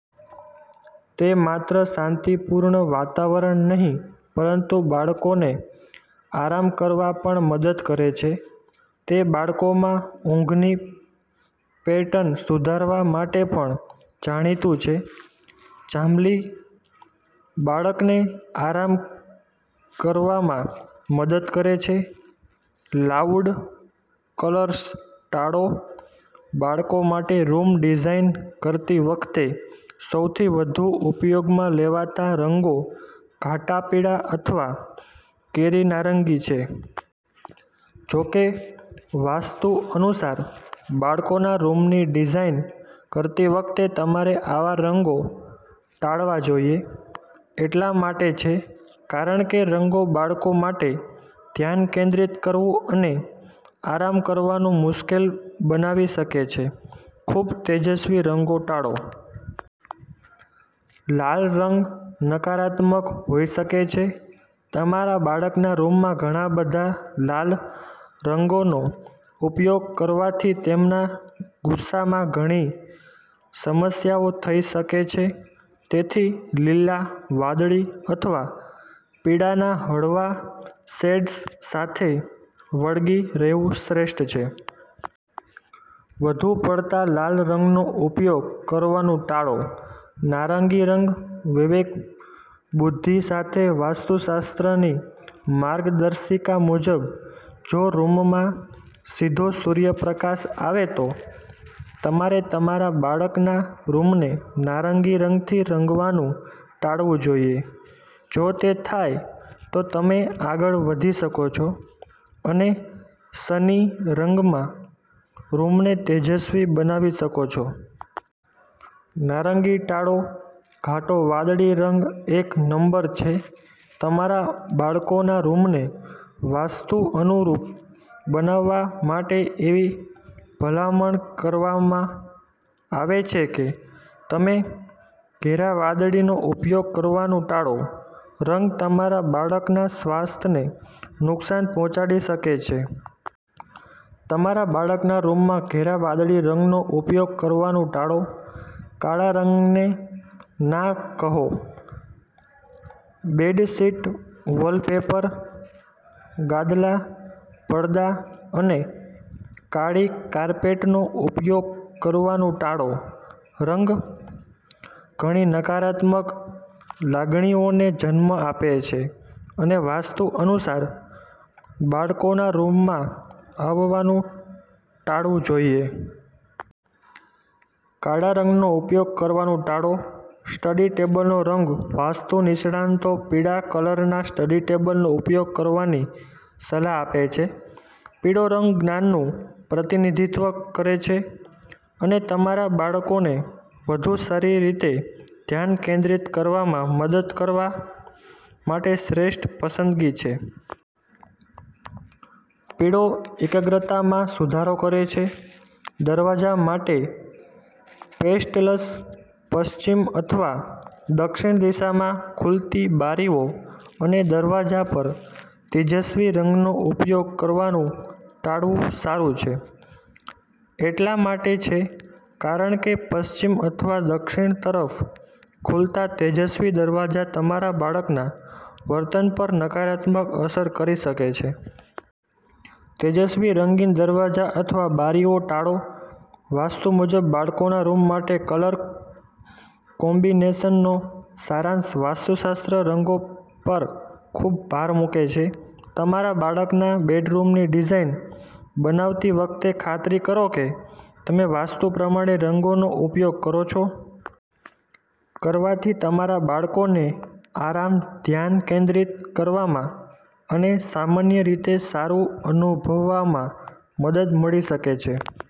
તે માત્ર શાંતિપૂર્ણ વાતાવરણ નહીં પરંતુ બાળકોને આરામ કરવામાં પણ મદદ કરે છે. તે બાળકોમાં ઊંઘની પેટર્ન સુધારવા માટે પણ જાણીતું છે. જાંબલી બાળકને આરામ કરવામાં મદદ કરે છે. લાઉડ કલર્સ ટાળો. બાળકો માટે રૂમ ડિઝાઇન કરતી વખતે સૌથી વધુ ઉપયોગમાં લેવાતા રંગો ઘાટા પીળા અથવા કેરી નારંગી છે. જો કે, વાસ્તુ અનુસાર બાળકોના રૂમની ડિઝાઇન કરતી વખતે તમારે આવા રંગો ટાળવા જોઈએ. એટલા માટે છે કારણ કે રંગો બાળકો માટે ધ્યાન કેન્દ્રિત કરવું અને આરામ કરવાનું મુશ્કેલ બનાવી શકે છે. ખૂબ તેજસ્વી રંગો ટાળો. લાલ રંગ નકારાત્મક હોઈ શકે છે. તમારા બાળકના રૂમમાં ઘણા બધા લાલ રંગનો ઉપયોગ કરવાથી તેમના ગુસ્સામાં ઘણી સમસ્યાઓ થઈ શકે છે. તેથી, લીલા, વાદળી અથવા પીળાના હળવા શેડ્સ સાથે વળગી રહેવું શ્રેષ્ઠ છે. વધુ પડતા લાલ રંગનો ઉપયોગ કરવાનું ટાળો. નારંગી રંગ વિવેક, બુદ્ધિ સાથે વાસ્તુશાસ્ત્રની માર્ગદર્શિકા મુજબ, જો રૂમમાં સીધો સૂર્યપ્રકાશ આવે તો તમારે તમારા બાળકના રૂમને નારંગી રંગથી રંગવાનું ટાળવું જોઈએ. જો તે થાય, તો તમે આગળ વધી શકો છો અને સની રંગમાં રૂમને તેજસ્વી બનાવી શકો છો. નારંગી ટાળો. ઘાટો વાદળી રંગ એક નંબર છે તમારા બાળકોના રૂમને વાસ્તુ અનુરૂપ બનાવવા માટે. એવી ભલામણ કરવામાં આવે છે કે તમે ઘેરા વાદળીનો ઉપયોગ કરવાનું ટાળો. રંગ તમારા બાળકના સ્વાસ્થ્યને નુકસાન પહોંચાડી શકે છે. તમારા બાળકના રૂમમાં ઘેરા વાદળી રંગનો ઉપયોગ કરવાનું ટાળો. કાળા રંગને ના કહો. બેડશીટ, વોલપેપર, ગાદલા, પડદા અને કાળી કાર્પેટનો ઉપયોગ કરવાનું ટાળો. રંગ ઘણી નકારાત્મક લાગણીઓને જન્મ આપે છે અને વાસ્તુ અનુસાર બાળકોના રૂમમાં આવવાનું ટાળવું જોઈએ. કાળા રંગનો ઉપયોગ કરવાનું ટાળો. સ્ટડી ટેબલનો રંગ વાસ્તુ નિષ્ણાતો પીળા કલરના સ્ટડી ટેબલનો ઉપયોગ કરવાની સલાહ આપે છે. પીળો રંગ જ્ઞાનનું પ્રતિનિધિત્વ કરે છે અને તમારા બાળકોને વધુ સારી રીતે ધ્યાન કેન્દ્રિત કરવામાં મદદ કરવા માટે શ્રેષ્ઠ પસંદગી છે. પીળો એકાગ્રતામાં સુધારો કરે છે. દરવાજા માટે પેસ્ટલ્સ. પશ્ચિમ અથવા દક્ષિણ દિશામાં ખુલતી બારીઓ અને દરવાજા પર તેજસ્વી રંગોનો ઉપયોગ કરવાનું ટાળવું સારું છે. એટલા માટે છે કારણ કે પશ્ચિમ અથવા દક્ષિણ તરફ ખુલતા તેજસ્વી દરવાજા તમારા બાળકના વર્તન પર નકારાત્મક અસર કરી શકે છે. તેજસ્વી રંગીન દરવાજા અથવા બારીઓ ટાળો. વાસ્તુ મુજબ બાળકોના રૂમ માટે કલર કોમ્બિનેશનનો સારાંશ વાસ્તુશાસ્ત્ર રંગો પર ખૂબ ભાર મૂકે છે. તમારા બાળકના બેડરૂમની ડિઝાઇન બનાવતી વખતે ખાતરી કરો કે તમે વાસ્તુ પ્રમાણે રંગોનો ઉપયોગ કરો છો. કરવાથી તમારા બાળકોને આરામ, ધ્યાન કેન્દ્રિત કરવામાં અને સામાન્ય રીતે સારું અનુભવવામાં મદદ મળી શકે છે.